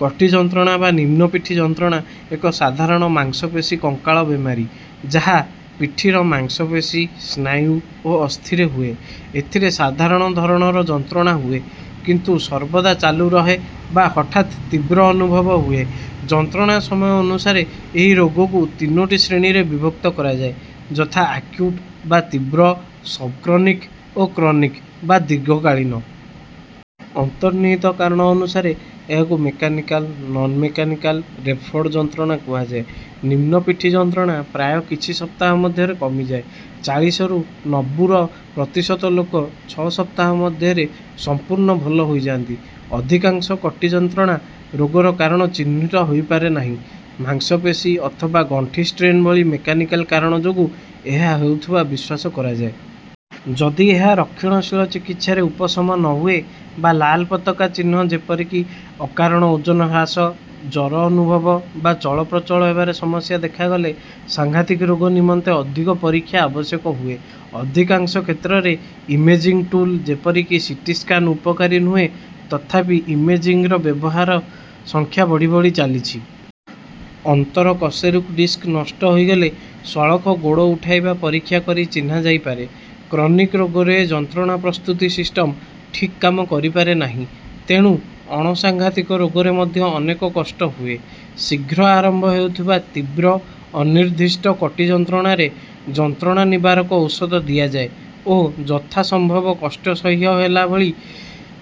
କଟି ଯନ୍ତ୍ରଣା ବା ନିମ୍ନ ପିଠି ଯନ୍ତ୍ରଣା ଏକ ସାଧାରଣ ମାଂସପେଶୀ କଙ୍କାଳ ବେମାରୀ ଯାହା ପିଠିର ମାଂସପେଶୀ ସ୍ନାୟୁ ଓ ଅସ୍ଥିରେ ହୁଏ। ଏଥିରେ ସାଧାରଣ ଧରଣର ଯନ୍ତ୍ରଣା ହୁଏ କିନ୍ତୁ ସର୍ବଦା ଚାଲୁରହେ ବା ହଠାତ୍ ତୀବ୍ର ଅନୁଭବ ହୁଏ। ଯନ୍ତ୍ରଣା ସମୟ ଅନୁସାରେ ଏହି ରୋଗକୁ ତିନୋଟି ଶ୍ରେଣୀରେ ବିଭକ୍ତ କରାଯାଏ ଯଥା ଆକ୍ୟୁଟ ବା ତୀବ୍ର ସବ କ୍ରନିକ ଓ କ୍ରନିକ ବା ଦୀର୍ଘକାଳୀନ। ଅନ୍ତର୍ନିହିତ କାରଣ ଅନୁସାରେ ଏହାକୁ ମେକାନିକାଲ ନନ ମେକାନିକାଲ ଓ ରେଫର୍ଡ ଯନ୍ତ୍ରଣା କୁହାଯାଏ। ନିମ୍ନ ପିଠି ଯନ୍ତ୍ରଣା ପ୍ରାୟ କିଛି ସପ୍ତାହ ମଧ୍ୟରେ କମିଯାଏ ଚାଳିଶରୁ ନବୁର ପ୍ରତିଶତ ଲୋକ ଛଅ ସପ୍ତାହ ମଧ୍ୟରେ ସମ୍ପୂର୍ଣ୍ଣ ଭଲ ହୋଇଯାନ୍ତି। ଅଧିକାଂଶ କଟି ଯନ୍ତ୍ରଣା ରୋଗର କାରଣ ଚିହ୍ନଟ ହୋଇପାରେ ନାହିଁ ମାଂସପେଶୀ ଅଥବା ଗଣ୍ଠି ଷ୍ଟ୍ରେନ ଭଳି ମେକାନିକାଲ କାରଣ ଯୋଗୁଁ ଏହା ହେଉଥିବା ବିଶ୍ୱାସ କରାଯାଏ। ଯଦି ଏହା ରକ୍ଷଣଶୀଳ ଚିକିତ୍ସାରେ ଉପଶମ ନ ହୁଏ ବା ଲାଲ ପତାକା ଚିହ୍ନ ଯେପରିକି ଅକାରଣ ଓଜନ ହ୍ରାସ ଜ୍ୱର ଅନୁଭବ ବା ଚଳପ୍ରଚଳ ହେବାରେ ସମସ୍ୟା ଦେଖାଗଲେ ସାଂଘାତିକ ରୋଗ ନିମନ୍ତେ ଅଧିକ ପରୀକ୍ଷା ଆବଶ୍ୟକ ହୁଏ। ଅଧିକାଂଶ କ୍ଷେତ୍ରରେ ଇମେଜିଙ୍ଗ ଟୁଲ ଯେପରିକି ସିଟି ସ୍କାନ ଉପକାରୀ ନୁହେଁ ତଥାପି ଇମେଜିଙ୍ଗର ବ୍ୟବହାର ସଂଖ୍ୟା ବଢ଼ିଚାଲିଛି। ଅନ୍ତର କଶେରୁକ ଡିସ୍କ ନଷ୍ଟ ହୋଇଗଲେ ସଳଖ ଗୋଡ଼ ଉଠାଇବା ପରୀକ୍ଷା କରି ଚିହ୍ନା ଯାଇପାରେ। କ୍ରନିକ ରୋଗରେ ଯନ୍ତ୍ରଣା ପ୍ରସ୍ତୁତି ସିଷ୍ଟମ ସଠିକ କାମ କରିପାରେ ନାହିଁ ତେଣୁ ଅଣ ସାଂଘାତିକ ରୋଗରେ ମଧ୍ୟ ଅନେକ କଷ୍ଟ ହୁଏ। ଶୀଘ୍ର ଆରମ୍ଭ ହେଉଥିବା ତୀବ୍ର ଅନିର୍ଦ୍ଦିଷ୍ଟ କଟି ଯନ୍ତ୍ରଣାରେ ଯନ୍ତ୍ରଣା ନିବାରକ ଔଷଧ ଦିଆଯାଏ ଓ ଯଥା ସମ୍ଭବ କଷ୍ଟ ସହ୍ୟ ହେବା ଭଳି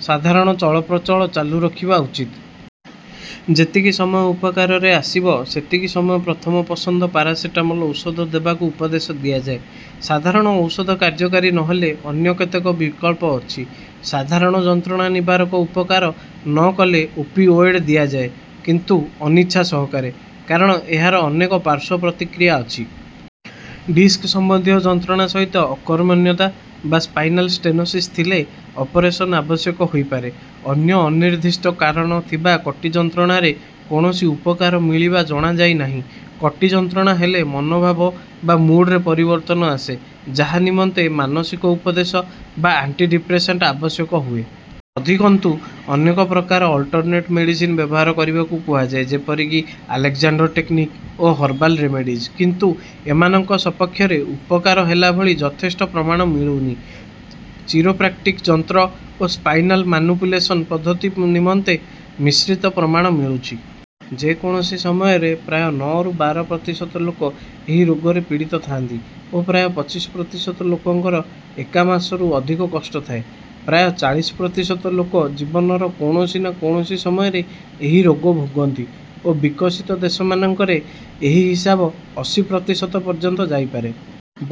ସାଧାରଣ ଚଳପ୍ରଚଳ ଚାଲୁ ରଖିବା ଉଚିତ। ଯେତିକି ସମୟ ଉପକାରରେ ଆସିବ ସେତିକି ସମୟ ପ୍ରଥମ ପସନ୍ଦ ପାରାସେଟାମୋଲ ଔଷଧ ଦେବାକୁ ଉପଦେଶ ଦିଆଯାଏ। ସାଧାରଣ ଔଷଧ କାର୍ଯ୍ୟକାରୀ ନ ହେଲେ ଅନ୍ୟ କେତେକ ବିକଳ୍ପ ଅଛି। ସାଧାରଣ ଯନ୍ତ୍ରଣା ନିବାରକ ଉପକାର ନ କଲେ ଓପିଓଏଡ ଦିଆଯାଏ କିନ୍ତୁ ଅନିଚ୍ଛା ସହକାରେ କାରଣ ଏହାର ଅନେକ ପାର୍ଶ୍ୱ ପ୍ରତିକ୍ରିୟା ଅଛି। ଡିସ୍କ ସମ୍ବନ୍ଧୀୟ ଯନ୍ତ୍ରଣା ସହିତ ଅକର୍ମଣ୍ୟତା ବା ସ୍ପାଇନାଲ ଷ୍ଟେନୋସିସ ଥିଲେ ଅପରେସନ ଆବଶ୍ୟକ ହୋଇପାରେ। ଅନ୍ୟ ଅନିର୍ଦ୍ଦିଷ୍ଟ କାରଣ ଥିବା କଟି ଯନ୍ତ୍ରଣାରେ କୌଣସି ଉପକାର ମିଳିବା ଜଣାଯାଇ ନାହିଁ। କଟି ଯନ୍ତ୍ରଣା ହେଲେ ମନୋଭାବ ବା ମୁଡରେ ପରିବର୍ତ୍ତନ ଆସେ ଯାହା ନିମନ୍ତେ ମାନସିକ ଉପଦେଶ ବା ଆଣ୍ଟିଡିପ୍ରେସାଣ୍ଟ ଆବଶ୍ୟକ ହୁଏ। ଅଧିକନ୍ତୁ ଅନେକ ପ୍ରକାର ଅଲଟରନେଟ ମେଡିସିନ ବ୍ୟବହାର କରିବାକୁ କୁହାଯାଏ ଯେପରିକି ଆଲେକଜାଣ୍ଡର ଟେକନିକ ଓ ହର୍ବାଲ ରିମେଡିଜ କିନ୍ତୁ ଏମାନଙ୍କ ସପକ୍ଷରେ ଉପକାର ହେଲା ଭଳି ଯଥେଷ୍ଟ ପ୍ରମାଣ ମିଳୁନି। ଚିରୋପ୍ରାକ୍ଟିକ ଯତ୍ନ ଓ ସ୍ପାଇନାଲ ମାନିପୁଲେସନ ପଦ୍ଧତି ନିମନ୍ତେ ମିଶ୍ରିତ ପ୍ରମାଣ ମିଳୁଛି। ଯେ କୌଣସି ସମୟରେ ପ୍ରାୟ ନଅରୁ ବାର ପ୍ରତିଶତ ଲୋକ ଏହି ରୋଗରେ ପୀଡ଼ିତ ଥାଆନ୍ତି ଓ ପ୍ରାୟ ପଚିଶ ପ୍ରତିଶତ ଲୋକଙ୍କର ଏକା ମାସରୁ ଅଧିକ କଷ୍ଟ ଥାଏ। ପ୍ରାୟ ଚାଳିଶ ପ୍ରତିଶତ ଲୋକ ଜୀବନର କୌଣସି ନା କୌଣସି ସମୟରେ ଏହି ରୋଗ ଭୋଗନ୍ତି ଓ ବିକଶିତ ଦେଶମାନଙ୍କରେ ଏହି ହିସାବ ଅଶୀ ପ୍ରତିଶତ ପର୍ଯ୍ୟନ୍ତ ଯାଇପାରେ।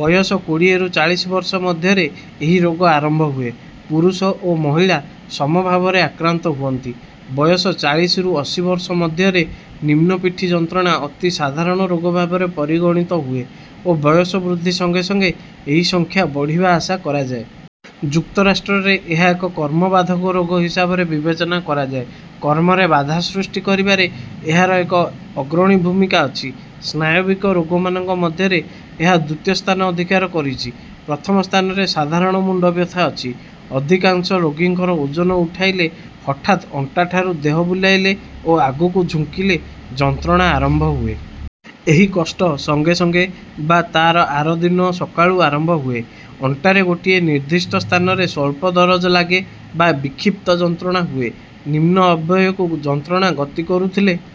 ବୟସ କୋଡ଼ିଏରୁ ଚାଳିଶ ବର୍ଷ ମଧ୍ୟରେ ଏହି ରୋଗ ଆରମ୍ଭ ହୁଏ। ପୁରୁଷ ଓ ମହିଳା ସମ ଭାବରେ ଆକ୍ରାନ୍ତ ହୁଅନ୍ତି। ବୟସ ଚାଳିଶରୁ ଅଶୀ ବର୍ଷ ମଧ୍ୟରେ ନିମ୍ନ ପିଠି ଯନ୍ତ୍ରଣା ଅତି ସାଧାରଣ ରୋଗ ଭାବରେ ପରିଗଣିତ ହୁଏ ଓ ବୟସ ବୃଦ୍ଧି ସଙ୍ଗେ ସଙ୍ଗେ ଏହି ସଂଖ୍ୟା ବଢ଼ିବା ଆଶା କରାଯାଏ। ଯୁକ୍ତରାଷ୍ଟ୍ରରେ ଏହା ଏକ କର୍ମ ବାଧକ ରୋଗ ହିସାବରେ ବିବେଚନା କରାଯାଏ। କର୍ମରେ ବାଧା ସୃଷ୍ଟି କରିବାରେ ଏହାର ଏକ ଅଗ୍ରଣୀ ଭୂମିକା ଅଛି। ସ୍ନାୟବିକ ରୋଗମାନଙ୍କ ମଧ୍ୟରେ ଏହା ଦ୍ୱିତୀୟ ସ୍ଥାନ ଅଧିକାର କରିଛି ପ୍ରଥମ ସ୍ଥାନରେ ସାଧାରଣ ମୁଣ୍ଡ ବ୍ୟଥା ଅଛି। ଅଧିକାଂଶ ରୋଗୀଙ୍କର ଓଜନ ଉଠାଇଲେ ହଠାତ ଅଣ୍ଟାଠାରୁ ଦେହ ବୁଲାଇଲେ ଓ ଆଗକୁ ଝୁଙ୍କିଲେ ଯନ୍ତ୍ରଣା ଆରମ୍ଭ ହୁଏ। ଏହି କଷ୍ଟ ସଙ୍ଗେ ସଙ୍ଗେ ବା ତା ଆର ଦିନ ସକାଳୁ ଆରମ୍ଭ ହୁଏ। ଅଣ୍ଟାରେ ଗୋଟିଏ ନିର୍ଦ୍ଦିଷ୍ଟ ସ୍ଥାନରେ ସ୍ୱଳ୍ପ ଦରଜ ଲାଗେ ବା ବିକ୍ଷିପ୍ତ ଯନ୍ତ୍ରଣା ହୁଏ। ନିମ୍ନ ଅବୟବକୁ ଯନ୍ତ୍ରଣା ଗତି କରୁଥିଲେ